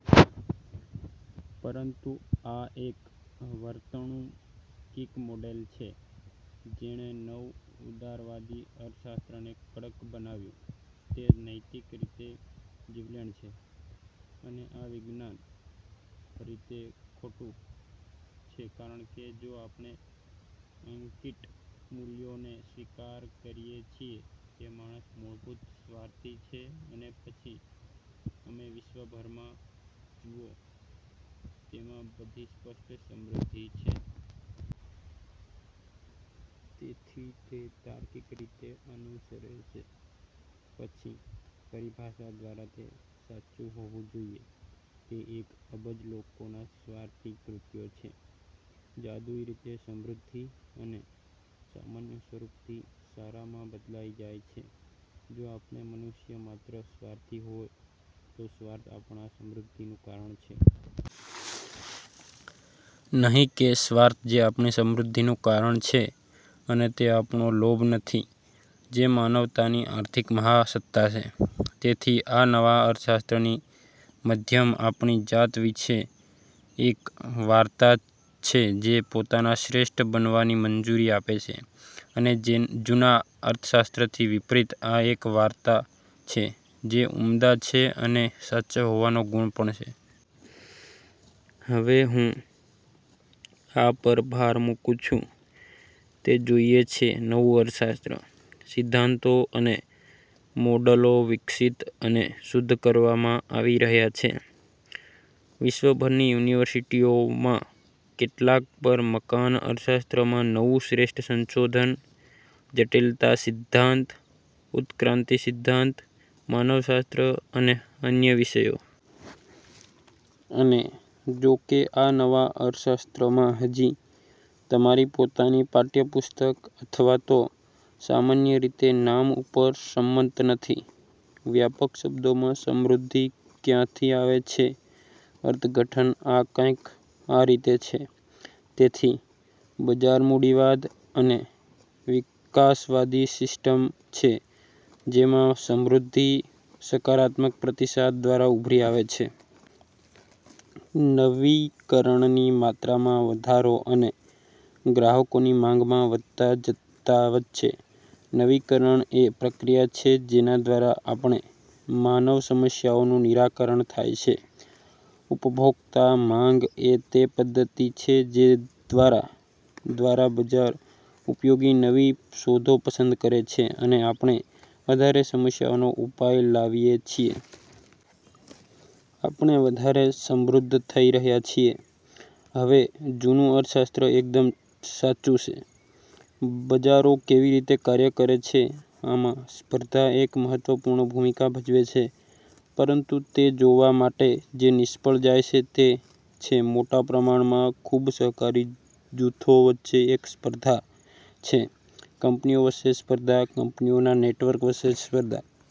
પરંતુ આ એ વર્તણૂકિક મોડેલ છે જેણે નવ ઉદારવાદી અર્થશાસ્ત્રને કડક બનાવ્યુ તે નૈતિક રીતે જીવલેણ છે. અને આ વિજ્ઞાન રીતે ખોટું છે કારણ કે જો આપણે આંકીટ મૂલ્યોનો સ્વીકાર કરીએ છીએ તે માણસ મૂળભૂત સ્વાર્થી છે અને પછી અમે વિશ્વભરમાં જુઓ તેમાં બધી સ્પષ્ટ સમૃદ્ધિ છે. તેથી તે તાર્કિક રીતે અનુસરે છે. પછી પરીભાષા દ્વારા તે સાચું હોવું જોઈએ તે એક અબજ લોકોના સ્વાર્થી કૃત્યો છે. જાદુઈ રીતે સમૃદ્ધિ અને સામાન્ય સ્વરૂપથી સારામાં બદલાઈ જાય છે. જો આપણે મનુષ્ય માત્ર સ્વાર્થી હોય તો સ્વાર્થ આપણા સમૃદ્ધિનું કારણ છે. નહી કે સ્વાર્થ જે આપણી સમૃદ્ધિનું કારણ છે અને તે આપણો લોભ નથી જે માનવતાની આર્થિક મહાસત્તા છે. તેથી, આ નવા અર્થશાસ્ત્રની મધ્યમાં આપણી જાત વિશે એક વાર્તા છે જે પોતાને શ્રેષ્ઠ બનવાની મંજૂરી આપે છે અને જૂના અર્થશાસ્ત્રથી વિપરીત આ એક વાર્તા છે જે ઉમદા છે અને સાચા હોવાનો ગુણ પણ છે. હવે, હું આ પર ભાર મૂકું છું તે જોઈએ છે નવું અર્થશાસ્ત્ર. સિદ્ધાંતો અને મોડેલો વિકસિત અને શુદ્ધ કરવામાં આવી રહ્યા છે. વિશ્વભરની યુનિવર્સિટીઓમાં કેટલાક પર મકાન અર્થશાસ્ત્રમાં નવું શ્રેષ્ઠ સંશોધન, જટિલતા સિદ્ધાંત, ઉત્ક્રાંતિ સિદ્ધાંત, માનવશાસ્ત્ર અને અન્ય વિષયો. અને જોકે આ નવા અર્થશાસ્ત્રમાં હજી તમારી પોતાની પાઠયપુસ્તક અથવાતો સામાન્ય રીતે નામ ઉપર સંમત નથી, વ્યાપક શબ્દોમાં સમૃદ્ધિ ક્યાંથી આવે છે અર્થઘટન આ કંઈક આ રીતે છે. તેથી, બજાર મૂડીવાદ એક વિકાસવાદી સિસ્ટમ છે જેમાં સમૃદ્ધિ સકારાત્મક પ્રતિસાદ દ્વારા ઉભરી આવે છે. નવીકરણની માત્રામાં વધારોઅને ગ્રાહકોની માંગના વધતા જથ્થા વચ્ચે. નવીકરણ એ પ્રક્રિયા છે જેના દ્વારા આપણે માનવ સમસ્યાઓનું નિરાકરણ થાય છે. ઉપભોક્તા માંગ એ તે પદ્ધતિ છે જે દ્વારા દ્વારા બજાર ઉપયોગી નવી શોધો પસંદ કરે છે અને આપણે વધારે સમસ્યાઓનો ઉપાય લાવીએ છીએ. આપણે વધારે સમૃદ્ધ થઈ રહ્યા છીયે. હવે, જૂનું અર્થશાસ્ત્ર એકદમ સાચૂ છે. બજારો કેવી રીતે કાર્ય કરે છે આમાં સ્પર્ધા એક મહત્વપૂર્ણ ભૂમિકા ભજવે છે પરંતુ તે જોવા માટે જે નિષ્ફળ જાય છે તે છે મોટા પ્રમાણમાં ખૂબ સહકારી જૂથો વચ્ચે એક સ્પર્ધા છે. કંપનીઓ વચ્ચે સ્પર્ધા, કંપનીઓના નેટવર્ક વચ્ચે સ્પર્ધા.